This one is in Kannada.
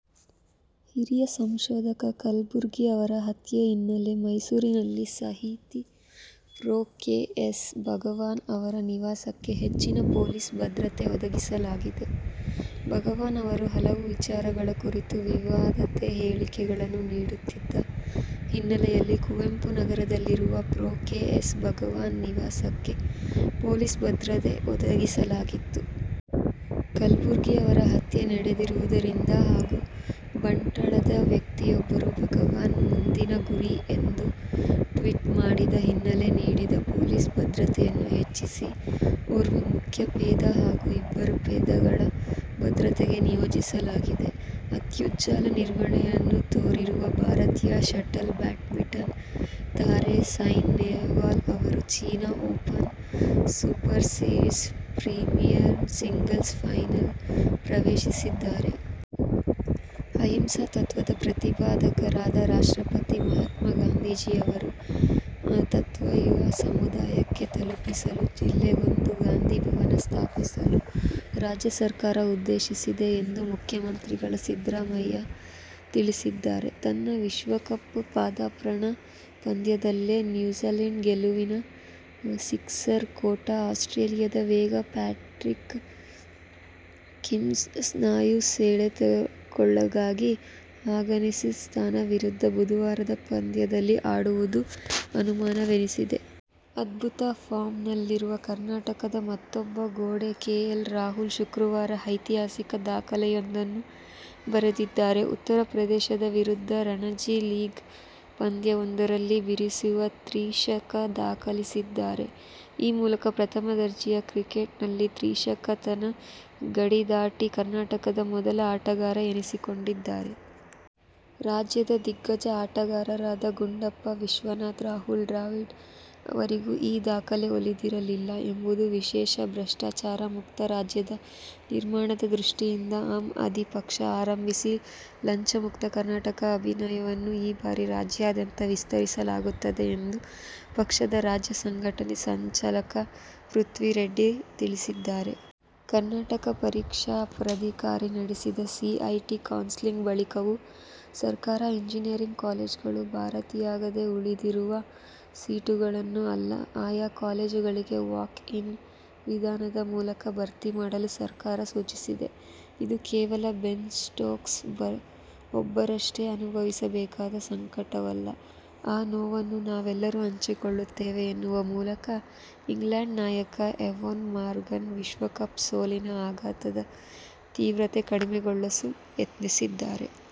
ಹಿರಿಯ ಸಂಶೋಧಕ ಕಲಬುರ್ಗಿ ಅವರ ಹತ್ಯೆ ಹಿನ್ನೆಲೆಯಲ್ಲಿ ಮೈಸೂರಿನಲ್ಲಿ ಸಾಹಿತಿ ಪ್ರೊ. ಕೆ. ಎಸ್. ಭಗವಾನ್ ಅವರ ನಿವಾಸಕ್ಕೆ ಹೆಚ್ಚಿನ ಪೊಲೀಸ್ ಭದ್ರತೆ ಒದಗಿಸಲಾಗಿದೆ. ಭಗವಾನ್ ಅವರು ಹಲವು ವಿಚಾರಗಳ ಕುರಿತು ವಿವಾದಿತ ಹೇಳಿಕೆಗಳನ್ನು ನೀಡುತ್ತಿದ್ದ ಹಿನ್ನೆಲೆಯಲ್ಲಿ ಕುವೆಂಪು ನಗರದಲ್ಲಿರುವ ಪ್ರೊ. ಕೆ. ಎಸ್. ಭಗವಾನ್ ನಿವಾಸಕ್ಕೆ ಪೊಲೀಸ್ ಭದ್ರತೆ ಒದಗಿಸಲಾಗಿತ್ತು. ಕಲಬುರ್ಗಿ ಅವರ ಹತ್ಯೆ ನಡೆದಿರುವುದರಿಂದ ಹಾಗೂ ಬಂಟ್ವಾಳದ ವ್ಯಕ್ತಿಯೊಬ್ಬರು ಭಗವಾನ್ ಮುಂದಿನ ಗುರಿ ಎಂದು ಟ್ವೀಟ್ ಮಾಡಿದ್ದ ಹಿನ್ನೆಲೆಯಲ್ಲಿ ನೀಡಿದ್ದ ಪೊಲೀಸ್ ಭದ್ರತೆಯನ್ನು ಹೆಚ್ಚಿಸಿ ಓರ್ವ ಮುಖ್ಯಪೇದೆ ಹಾಗೂ ಇಬ್ಬರು ಪೇದೆಗಳನ್ನು ಭದ್ರತೆಗೆ ನಿಯೋಜಿಸಲಾಗಿದೆ. ಅತ್ಯುಜ್ವಲ ನಿರ್ವಹಣೆಯನ್ನು ತೋರಿರುವ ಭಾರತೀಯ ಶಟಲ್ ಬ್ಯಾಡ್ಮಿಂಟನ್ ತಾರೆ ಸೈನಾ ನೆಹ್ವಾಲ್ ಅವರು ಚೀನ ಓಪನ್ ಸೂಪರ್ಸೀರಿಸ್ ಪ್ರೀಮಿಯರ್ನ ಸಿಂಗಲ್ಸ್ ಫೈನಲ್ ಪ್ರವೇಶಿಸಿದ್ದಾರೆ. ಅಹಿಂಸಾ ತತ್ವದ ಪ್ರತಿಪಾದಕರಾದ ರಾಷ್ಟ್ರಪಿತ ಮಹ್ಮಾತ್ಮ ಗಾಂಧೀಜಿಯವರ ತತ್ವ ಯುವ ಸಮುದಾಯಕ್ಕೆ ತಲುಪಿಸಲು ಜಿಲ್ಲೆಗೊಂದು ಗಾಂಧಿಭವನ ಸ್ಥಾಪಿಸಲು ರಾಜ್ಯ ಸರ್ಕಾರ ಉದ್ದೇಶಿಸಿದೆ ಎಂದು ಮುಖ್ಯಮಂತ್ರಿ ಸಿದ್ದರಾಮಯ್ಯ ತಿಳಿಸಿದ್ದಾರೆ. ತನ್ನ ವಿಶ್ವಕಪ್ ಪದಾರ್ಪಣಾ ಪಂದ್ಯದಲ್ಲೇ ನ್ಯೂಜಿಲ್ಯಾಂಡಿಗೆ ಗೆಲುವಿನ ಸಿಕ್ಸರ್ ಕೊಟ್ಟ ಆಸ್ಟ್ರೇಲಿಯದ ವೇಗಿ ಪ್ಯಾಟ್ರಿಕ್ ಕಮಿನ್ಸ್ ಸ್ನಾಯು ಸೆಳೆತಕ್ಕೊಳಗಾಗಿದ್ದು, ಅಫ್ಘಾನಿಸ್ಥಾನ ವಿರುದ್ಧದ ಬುಧವಾರದ ಪಂದ್ಯದಲ್ಲಿ ಆಡುವುದು ಅನುಮಾನವೆನಿಸಿದೆ. ಅದ್ಭುತ ಫಾರ್ಮ್ನಲ್ಲಿರುವ ಕರ್ನಾಟಕದ ಮತ್ತೂಬ್ಬ "ಗೋಡೆ' ಕೆ. ಎಲ್. ರಾಹುಲ್ ಶುಕ್ರವಾರ ಐತಿಹಾಸಿಕ ದಾಖಲೆಯೊಂದನ್ನು ಬರೆದಿದ್ದಾರೆ. ಉತ್ತರ ಪ್ರದೇಶ ವಿರುದ್ಧದ ರಣಜಿ ಲೀಗ್ ಪಂದ್ಯವೊಂದರಲ್ಲಿ ಬಿರುಸಿನ ತ್ರಿಶತಕ ದಾಖಲಿಸಿದ್ದಾರೆ. ಈ ಮೂಲಕ ಪ್ರಥಮ ದರ್ಜೆ ಕ್ರಿಕೆಟ್ನಲ್ಲಿ ತ್ರಿಶತಕ ಗಡಿ ದಾಟಿದ ಕರ್ನಾಟಕದ ಮೊದಲ ಆಟಗಾರ ಎನಿಸಿಕೊಂಡಿದ್ದಾರೆ. ರಾಜ್ಯದ ದಿಗ್ಗಜ ಆಟಗಾರರಾದ ಗುಂಡಪ್ಪ ವಿಶ್ವನಾಥ್, ರಾಹುಲ್ ದ್ರಾವಿಡ್ ಅವರಿಗೂ ಈ ದಾಖಲೆ ಒಲಿದಿರಲಿಲ್ಲ ಎಂಬುದು ವಿಶೇಷ. ಭ್ರಷ್ಟಾಚಾರ ಮುಕ್ತ ರಾಜ್ಯ ನಿರ್ಮಾಣದ ದೃಷ್ಟಿಯಿಂದ ಆಮ್ ಆದ್ಮಿ ಪಕ್ಷ ಆರಂಭಿಸಿರುವ ಲಂಚಮುಕ್ತ ಕರ್ನಾಟಕ ಅಭಿಯಾನವನ್ನು ಈ ಬಾರಿ ರಾಜ್ಯಾದ್ಯಂತ ವಿಸ್ತರಿಸಲಾಗುತ್ತಿದೆ ಎಂದು ಪಕ್ಷದ ರಾಜ್ಯ ಸಂಘಟನಾ ಸಂಚಾಲಕ ಪೃಥ್ವಿರೆಡ್ಡಿ ತಿಳಿಸಿದ್ದಾರೆ. ಕರ್ನಾಟಕ ಪರೀಕ್ಷಾ ಪ್ರಾಧಿಕಾರ ನಡೆಸಿದ ಸಿಇಟಿ ಕೌನ್ಸೆಲಿಂಗ್ ಬಳಿಕವೂ ಸರ್ಕಾರಿ ಇಂಜಿನಿಯರಿಂಗ್ ಕಾಲೇಜುಗಳಲ್ಲಿ ಭರ್ತಿಯಾಗದೆ ಉಳಿದಿರುವ ಸೀಟುಗಳನ್ನು ಆಯಾ ಕಾಲೇಜುಗಳೇ ವಾಕ್-ಇನ್ ವಿಧಾನದ ಮೂಲಕ ಭರ್ತಿ ಮಾಡಲು ಸರ್ಕಾರ ಸೂಚಿಸಿದೆ. "ಇದು ಕೇವಲ ಬೆನ್ ಸ್ಟೋಕ್ಸ್ ಒಬ್ಬರಷ್ಟೇ ಅನುಭವಿಸಬೇಕಾದ ಸಂಕಟವಲ್ಲ. ಆ ನೋವನ್ನು ನಾವೆಲ್ಲರೂ ಹಂಚಿಕೊಳ್ಳುತ್ತೇವೆ' ಎನ್ನುವ ಮೂಲಕ ಇಂಗ್ಲೆಂಡ್ ನಾಯಕ ಎವೋನ್ ಮಾರ್ಗನ್ ವಿಶ್ವಕಪ್ ಸೋಲಿನ ಆಘಾತದ ತೀವ್ರತೆಯನ್ನು ಕಡಿಮೆಗೊಳಿಸಲು ಯತ್ನಿಸಿದ್ದಾರೆ.